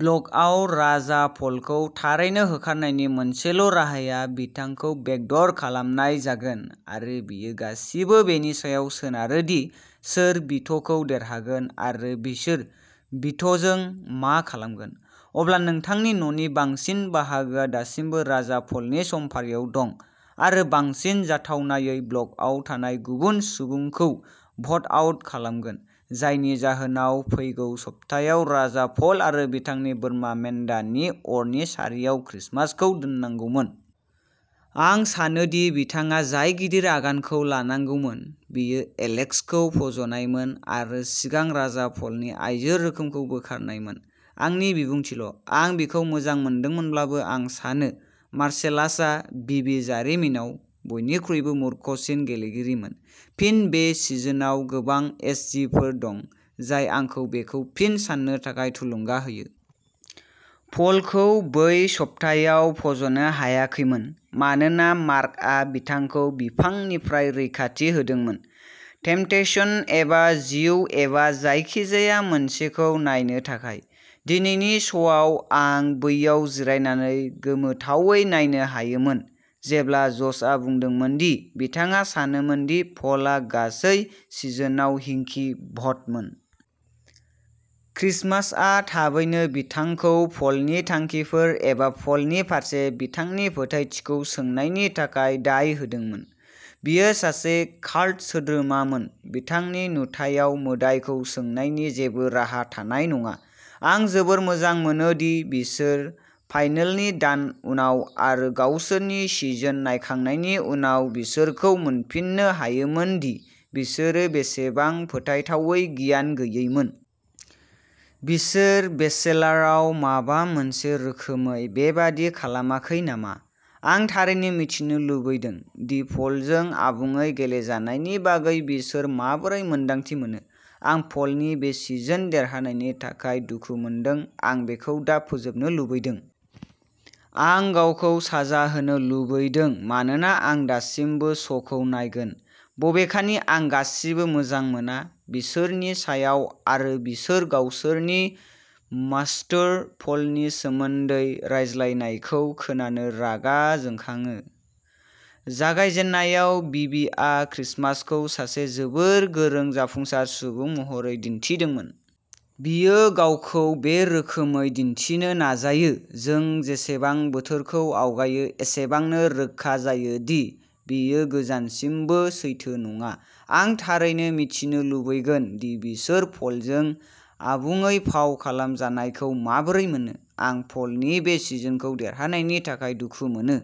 ब्लकआव। राजा पलखौ थारैनो होखारनायनि मोनसेल'राहाया बिथांखौ बेकड'र खालामनाय जागोन आरो बेयो गासिबो बेनि सायाव सोनारो दि सोर भिट'खौ देरहागोन आरो बिसोर भिट'जों मा खालामगोन। अब्ला नोंथांनि न'नि बांसिन बाहागोआ दासिमबो राजा पलनि समफारियाव दं आरो बांसिन जाथावनायै ब्लकआव थानाय गुबुन सुबुंखौ भ'ट आउट खालामगोन, जायनि जाहोनाव फैगौ सप्तायाव राजा पल आरो बिथांनि बोरमा मेन्दानि अरनि सारियाव क्रिसमासखौ दोननांगौमोन। आं सानो दि बिथाङा जाय गिदिर आगानखौ लानांगौमोन बेयो एलेक्सखौ फज'नायमोन आरो सिगां राजा पलनि आइजो रोखोमखौ बोखारनायमोन। आंनि बिबुंथिल'। आं बिखौ मोजां मोनदोंमोनब्लाबो, आं सानो मार्सेलासआ बिबि जारिमिनाव बयनिख्रुइबो मूर्खसिन गेलेगिरिमोन। फिन, बे सिजनाव गोबां एचजिफोर दं जाय आंखौ बेखौ फिन साननो थाखाय थुलुंगा होयो। पलखौ बै सप्तायाव फज'नो हायाखैमोन मानोना मार्कआ बिथांखौ बिफांनिफ्राय रैखाथि होदोंमोन। टेम्पटेशन एबा जिउ एबा जायखिजाया मोनसेखौ नायनो थाखाय। दिनैनि श'आव, आं बैयाव जिरायनानै गोमोथावै नायनो हायोमोन, जेब्ला ज'शआ बुंदोंमोन दि बिथाङा सानोमोन दि पलआ गासै सिजनआव हिंकी भ'टमोन। क्रिसमासआ थाबैनो बिथांखौ पलनि थांखिफोर एबा पलनि फारसे बिथांनि फोथायथिखौ सोंनायनि थाखाय दाय होदोंमोन। बियो सासे काल्ट सोद्रोमामोन। बिथांनि नुथायाव मोदाइखौ सोंनायनि जेबो राहा थानाय नङा। आं जोबोद मोजां मोनो दि बिसोर फाइनेलनि दान उनाव आरो गावसोरनि सिजन नायखांनायनि उनाव बिसोरखौ मोनफिननो हायोमोन दि बिसोरो बेसेबां फोथायथावै गियान गैयैमोन। बिसोर बेचेलारआव माबा मोनसे रोखोमै बेबादि खालामाखै नामा? आं थारैनो मिथिनो लुबैदों दि पलजों आबुङै गेलेजानायनि बागै बिसोर माबोरै मोन्दांथि मोनो। आं पलनि बे सिजन देरहानायनि थाखाय दुखु मोनदों। आं बेखौ दा फोजोबनो लुबैदों। आं गावखौ साजा होनो लुबैदों मानोना आं दासिमबो श'खौ नायगोन, बबेखानि आं गासिबो मोजां मोना। बिसोरनि सायाव आरो बिसोर गावसोरनि मास्तर, पलनि सोमोन्दै रायज्लायनायखौ खोनानो रागा जोंखाङो। जागायजेननायाव, बीबीआ क्रिसमासखौ सासे जोबोद गोरों, जाफुंसार सुबुं महरै दिन्थिदोंमोन। बियो गावखौ बे रोखोमै दिन्थिनो नाजायो। जों जेसेबां बोथोरखौ आवगायो, एसेबांनो रोखा जायो दि बेयो गोजानसिमबो सैथो नङा। आं थारैनो मिथिनो लुबैगोन दि बिसोर पलजों आबुङै फाव खालामजानायखौ माबोरै मोनो। आं पलनि बे सिजनखौ देरहानायनि थाखाय दुखु मोनो।